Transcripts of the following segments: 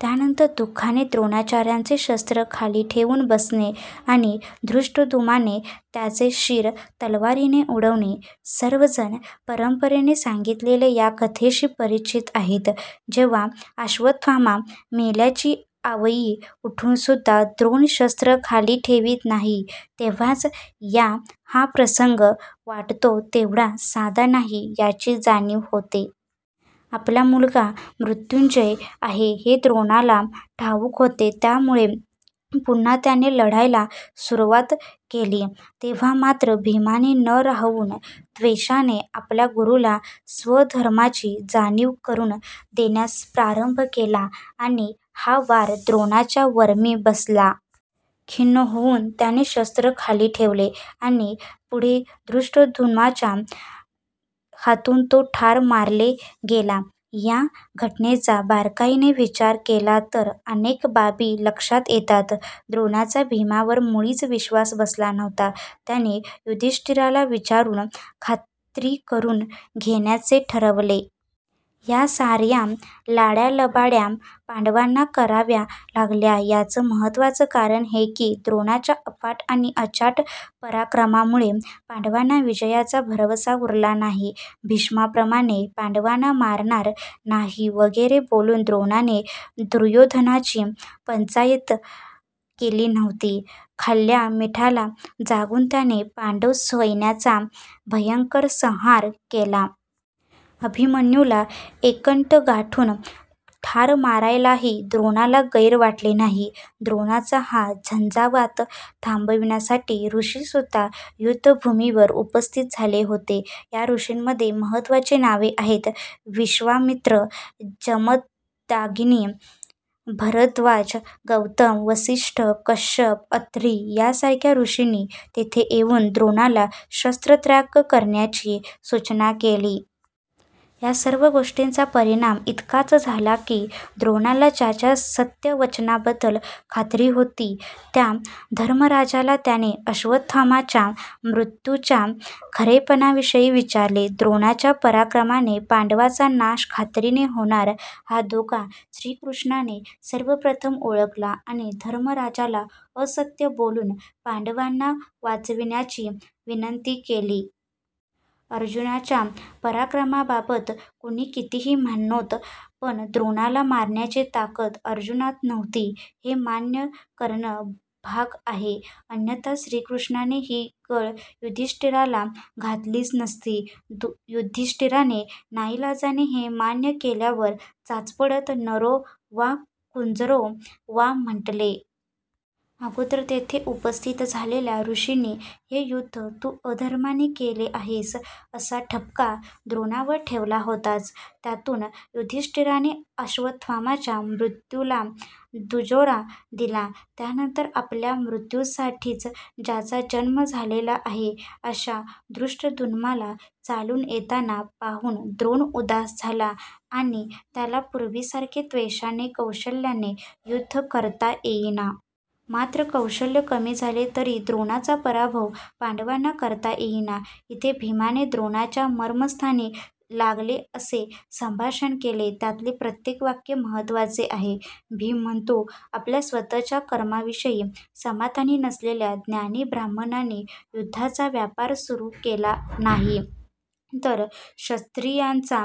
त्यानंतर दुःखाने दोणाचार्यांचे शस्त्र खाली ठेऊन बसणे. आणि धृष्ट्द्युम्नाने त्याचे शीर तलवारीने उडवणे. सर्वजण परंपरेने सांगितलेल्या या कथेशी परिचित आहेत. जेव्हा अश्वत्थामा मेल्याची आवई उठुनसुद्धा द्रोण शस्त्र खाली ठेवित नाही तेव्हाच या हा प्रसंग वाटतो तेवढा साधा नाही याची जाणीव होते. आपला मुलगा मृत्युंजय आहे हे द्रोणाला ठावुक होते. त्यामुळे पुन्हा त्याने लढायला सुरवात केली. तेव्हा मात्र भीमाने न राहवुन त्वेषाने आपल्या गुरुला स्वधर्माची जाणीव करुन देण्यास प्रारंभ केला आणि हा वार द्रोणाच्या वर्मी बसला. खिन्न होऊन त्याने शस्त्र खाली ठेवले. आणि पुढे धृष्ट्द्युम्नाच्या हातुन तो ठार मारले गेला. या घटनेचा बारकाईने विचार केला तर अनेक बाबी लक्षात येतात. द्रोणाचा भीमावर मुळीच विश्वास बसला नव्हता. त्याने युधिष्ठीराला विचारुन खात्री करुन घेण्याचे ठरवले. या सार्या लांड्यालबाड्या पांडवांना कराव्या लागल्या याचं महत्वाचं कारण हे की द्रोणाच्या अफाट आणि अचाट पराक्रमामुळे पांडवांना विजयाचा भरवसा उरला नाही. भीष्माप्रमाणे पांडवांना मारणार नाही वगैरे बोलुन द्रोणाने दुर्योधनाची पंचाईत केली नव्हती. खाल्ल्या मीठाला जागुन त्याने पांडव सैन्याचा भयंकर संहार केला. अभिमन्युला एकटं गाठुन ठार मारायलाही द्रोणाला गैर वाटले नाही. द्रोणाचा हा झंझावात थांबविण्यासाठी ऋषीसुद्धा युद्धभुमीवर उपस्थित झाले होते. या ऋषींमध्ये महत्त्वाची नावे आहेत. विश्वामित्र, जमदाग्नी, भरद्वाज, गौतम, वसिष्ठ, कश्यप, अत्री यासारख्या ऋषींनी तेथे येऊन द्रोणाला शस्त्रत्याग करण्याची सुचना केली. यासर्व गोष्टींचा परिणाम इतकाच झाला की द्रोणाला ज्याच्या सत्यवचनाबद्दल खात्री होती त्या धर्मराजाला त्याने अश्वत्थाम्याच्या मृत्युच्या खरेपणाविषयी विचारले. द्रोणाच्या पराक्रमाने पांडवांचा नाश खात्रीने होणार हा धोका श्रीकृष्णाने सर्वप्रथम ओळखला आणि धर्मराजाला असत्य बोलुन पांडवांना वाचविण्याची विनंती केली. अर्जुनाच्या पराक्रमाबाबत कुणी कितीही म्हणोत पण द्रोणाला मारण्याची ताकद अर्जुनात नव्हती हे मान्य करणं भाग आहे अन्यथा श्रीकृष्णाने ही गळ युधिष्ठीराला घातलीच नसती. युधिष्ठीराने नाईलाजाने हे मान्य केल्यावर चाचपडत नरो वा कुंजरो वा म्हटले. अगोदर तेथे उपस्थित झालेल्या ऋषींनी हे युद्द तु अधर्माने केले आहेस असा ठपका द्रोणावर ठेवला होताच. त्यातुन युधिष्ठीराने अश्वत्थाम्याच्या मृत्युला दुजोरा दिला. त्यानंतर आपल्या मृत्युसाठीच ज्याचा जन्म झालेला आहे अशा धृष्टद्युम्नाला चालुन येताना पाहुन द्रोण उदास झाला आणि त्याला पुर्वीसारखे त्वेषाने, कौशल्याने युद्ध करता येईना. मात्र कौशल्य कमी झाले तरी द्रोणाचा पराभव पांडवांना करता येईना. इथे भीमाने द्रोणाच्या मर्मस्थानी लागेल असे संभाषण केले. त्यातले प्रत्येक वाक्य महत्त्वाचे आहे. भीम म्हणतो आपल्या स्वतःच्या कर्माविषयी समाधानी नसलेल्या ज्ञानी ब्राह्मणांनी युद्धाचा व्यापार सुरु केला नाही तर क्षत्रियांचा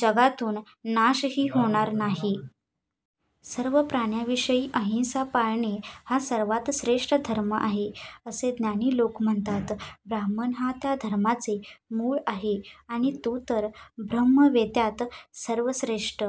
जगातुन नाशही होणार नाही. सर्व प्राण्याविषयी अहिंसा पाळणे हा सर्वात श्रेष्ठ धर्म आहे असे ज्ञानी लोक म्हणतात. ब्राह्मण हा त्या धर्माचे मूळ आहे. आणि तु तर ब्रह्मवेत्त्यात सर्वश्रेष्ठ